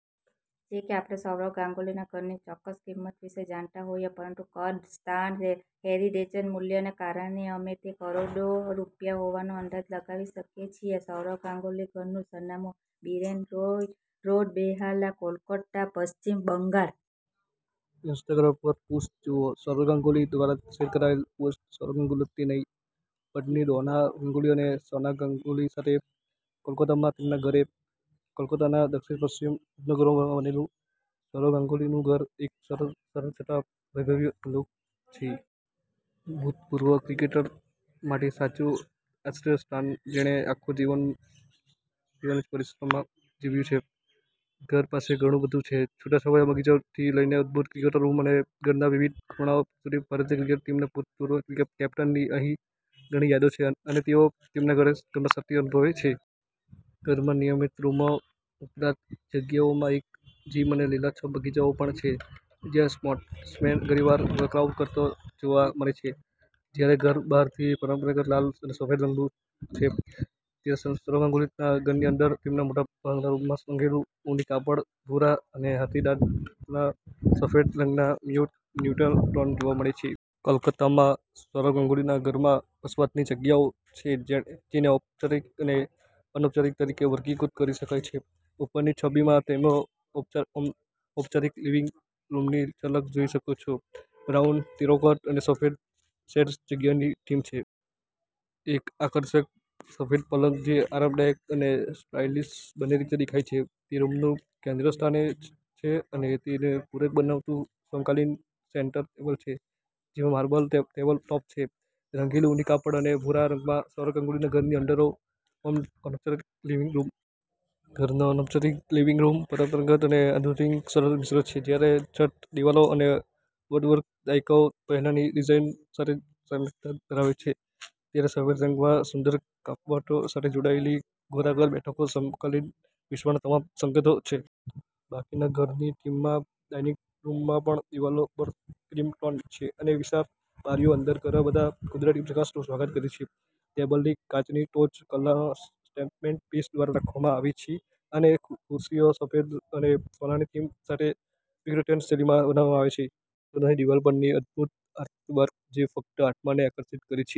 જો કે આપણે સૌરવ ગાંગુલીના ઘરની ચોક્કસ કિંમત વિશે જાણતા હોઈએ પરંતુ કદ, સ્થાન અને હેરિટેજ મૂલ્યને કારણે અમે તે કરોડો રૂપિયા હોવાનો અંદાજ લગાવી શકીએ છીએ. સૌરવ ગાંગુલી ઘરનું સરનામું બીરેન રોય રોડ, બેહાલા, કોલકાતા, પશ્ચિમ બંગાળ. ઇન્સ્ટાગ્રામ પર પોસ્ટ જુઓ સૌરવ ગાંગુલી દ્વારા શેર કરાયેલ પોસ્ટ સૌરવ ગાંગુલી તેની પત્ની ડોના ગાંગુલી અને સના ગાંગુલી સાથે કોલકાતામાં તેમના ઘરે. કોલકાતાના દક્ષિણ-પશ્ચિમ ઉપનગરોમાં બનેલું સૌરવ ગાંગુલીનું ઘર એક સરળ છતાં વૈભવી એડોબ છે. ભૂતપૂર્વ ક્રિકેટર માટે સાચું આશ્રયસ્થાન જેણે આખું જીવન જ પરિસરમાં જીવ્યું છે. ઘર પાસે ઘણું બધું છે. છૂટાછવાયા બગીચાઓથી લઈને અદ્ભુત ક્રિકેટ રૂમ અને ઘરના વિવિધ ખૂણાઓ સુધી ભારતીય ક્રિકેટ ટીમના ભૂતપૂર્વ કેપ્ટનની અહીં ઘણી યાદો છે અને તેઓ તેમના ઘરમાં શાંતિ અનુભવે છે. ઘરમાં નિયમિત રૂમો ઉપરાંત, જગ્યામાં એક જિમ અને લીલાછમ બગીચાઓ પણ છે જ્યાં સ્પોર્ટ્સમેન ઘણીવાર વર્કઆઉટ કરતો જોવા મળે છે. જ્યારે ઘર બહારથી પરંપરાગત લાલ અને સફેદ રંગનું છે, ત્યારે સૌરવ ગાંગુલીના ઘરની અંદર તમને મોટાભાગના રૂમમાં રંગેલું ઊની કાપડ, ભૂરા અને હાથીદાંતના સફેદ રંગના મ્યૂટ ન્યુટ્રલ ટોન જોવા મળશે. કોલકાતામાં સૌરવ ગાંગુલીના ઘરમાં વસવાટની જગ્યાઓ છે જેને ઔપચારિક અને અનૌપચારિક તરીકે વર્ગીકૃત કરી શકાય છે. ઉપરની છબીમાં તમે ઔપચારિક લિવિંગ રૂમની ઝલક જોઈ શકો છો. બ્રાઉન, ટેરાકોટા અને સફેદ શેડ્સ જગ્યાની થીમ છે. એક આકર્ષક સફેદ પલંગ જે આરામદાયક અને સ્ટાઇલિશ બંને રીતે દેખાય છે તે રૂમનું કેન્દ્રસ્થાને છે અને તેને પૂરક બનાવતું સમકાલીન સેન્ટર ટેબલ છે જેમાં માર્બલ ટેબલ ટોપ છે. રંગેલું ઊની કાપડ અને ભૂરા રંગમાં સૌરવ ગ્નાગુલી ઘરની અંદરનો અનૌપચારિક લિવિંગ રૂમ. ઘરનો અનૌપચારિક લિવિંગ રૂમ પરંપરાગત અને આધુનિકનું સરળ મિશ્રણ છે. જ્યારે છત, દિવાલો અને વુડવર્ક દાયકાઓ પહેલાની ડિઝાઈન સાથે સામ્યતા ધરાવે છે, ત્યારે સફેદ રંગમાં સુંદર કાર્પેટ સાથે જોડાયેલી ગોળાકાર બેઠકો સમકાલીન વિશ્વના તમામ સંકેતો છે. બાકીના ઘરની થીમમાં, ડાઇનિંગ રૂમમાં પણ દિવાલો પર ક્રીમ ટોન છે અને વિશાળ બારીઓ અંદર ઘણા બધા કુદરતી પ્રકાશનું સ્વાગત કરે છે. ટેબલની કાચની ટોચ કલાના સ્ટેટમેન્ટ પીસ દ્વારા રાખવામાં આવી છે અને ખુરશીઓ સફેદ અને સોનાની થીમ સાથે વિક્ટોરિયન શૈલીમાં બનાવવામાં આવી છે. ભૂલશો નહીં દિવાલ પરની અદભૂત આર્ટવર્ક જે ફક્ત આત્માને આકર્ષિત કરે છે.